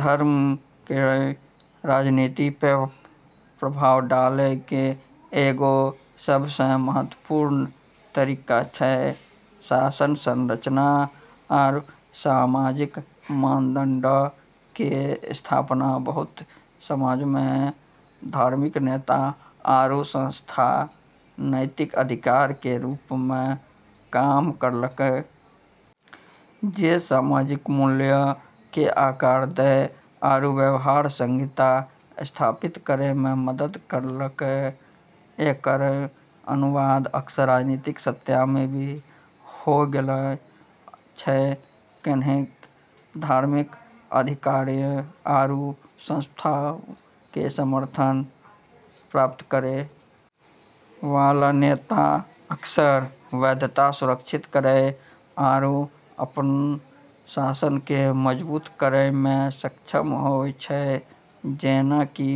धर्म केरऽ राजनीति पे प्रभाव डालै के एगो सबसें महत्वपूर्ण तरीका छै शासन संरचना आरू सामाजिक मानदंडऽ के स्थापना बहुत समाजऽ मे धार्मिक नेता आरू संस्था नैतिक अधिकार के रूप मे काम करलकै जे सामाजिक मूल्यऽ के आकार दै आरू व्यवहार संहिता स्थापित करै मे मदद करलकै, एकरऽ अनुवाद अक्सर राजनीतिक सत्ता मे भी होय गेलऽ छै, कैन्हेंकि धार्मिक अधिकारियऽ आरू संस्थानऽ के समर्थन प्राप्त करै वाला नेता अक्सर वैधता सुरक्षित करै आरू अपनऽ शासन के मजबूत करै मे सक्षम होय छै जेना कि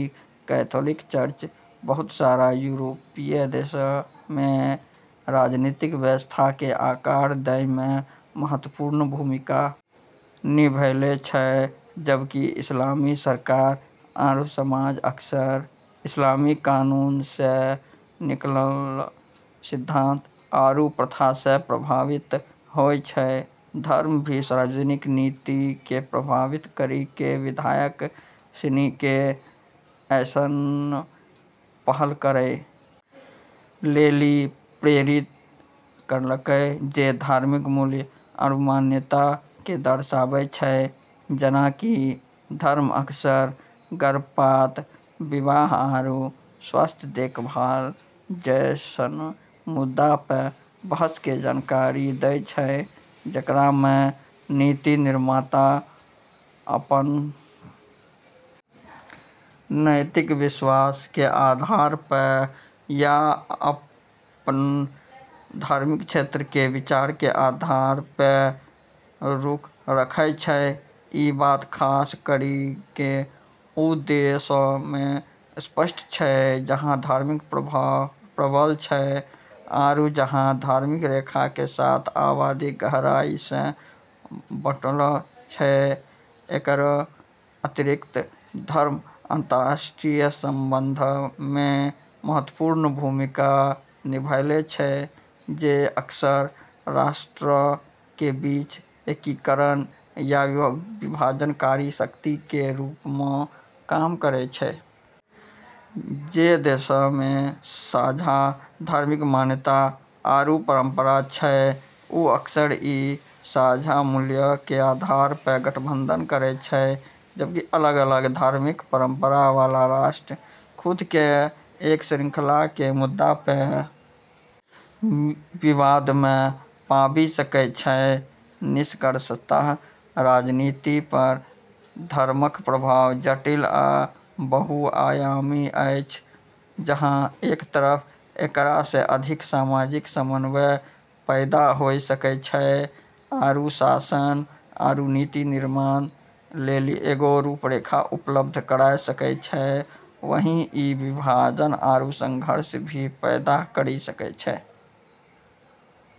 कैथोलिक चर्च बहुत सारा यूरोपीय देशऽ मे राजनीतिक व्यवस्था के आकार दै मे महत्वपूर्ण भूमिका निभैले छै, जबकि इस्लामी सरकार आरू समाज अक्सर इस्लामी कानून से निकललऽ सिद्धांत आरू प्रथा से प्रभावित होय छै, धर्म भी सार्वजनिक नीति के प्रभावित करी के विधायक सिनी के ऐसनऽ पहल करै लेली प्रेरित करलकै जे धार्मिक मूल्य आरू मान्यता के दर्शाबै छै जेना कि धर्म अक्सर गर्भपात, विवाह आरू स्वास्थ्य देखभाल जैसनऽ मुद्दा पे बहस के जानकारी दै छै जेकरा मे नीति निर्माता अपनऽ नैतिक विश्वास के आधार पे या अपनऽ धार्मिक क्षेत्र के विचार के आधार पे रुख रखै छै, ई बात खास करी के उ देशऽ मे स्पष्ट छै, जहां धार्मिक प्रभाव प्रबल छै आरू जहाँ धार्मिक रेखा के साथ आबादी गहराई से बंटलऽ छै, एकरऽ अतिरिक्त, धर्म अंतर्राष्ट्रीय संबंधऽ मे महत्वपूर्ण भूमिका निभैले छै जे अक्सर राष्ट्रऽ के बीच एकीकरण या विभाजनकारी शक्ति के रूप म॑ काम करै छै। जे देशऽ मे साझा धार्मिक मान्यता आरू परंपरा छै, उ अक्सर ई साझा मूल्यऽ के आधार पे गठबंधन करै छै, जबकि अलग-अलग धार्मिक परंपरा वाला राष्ट्र खुद के एक श्रृंखला के मुद्दा पे विवाद मे पाबी सकै छै, निष्कर्षतः राजनीति पर धर्मक प्रभाव जटिल आ बहुआयामी अछि, जहाँ एक तरफ एकरा से अधिक सामाजिक समन्वय पैदा होय सकै छै आरू शासन आरू नीति निर्माण लेली एगो रूपरेखा उपलब्ध कराय सकै छै, वहीं ई विभाजन आरू संघर्ष भी पैदा करी सकै छै।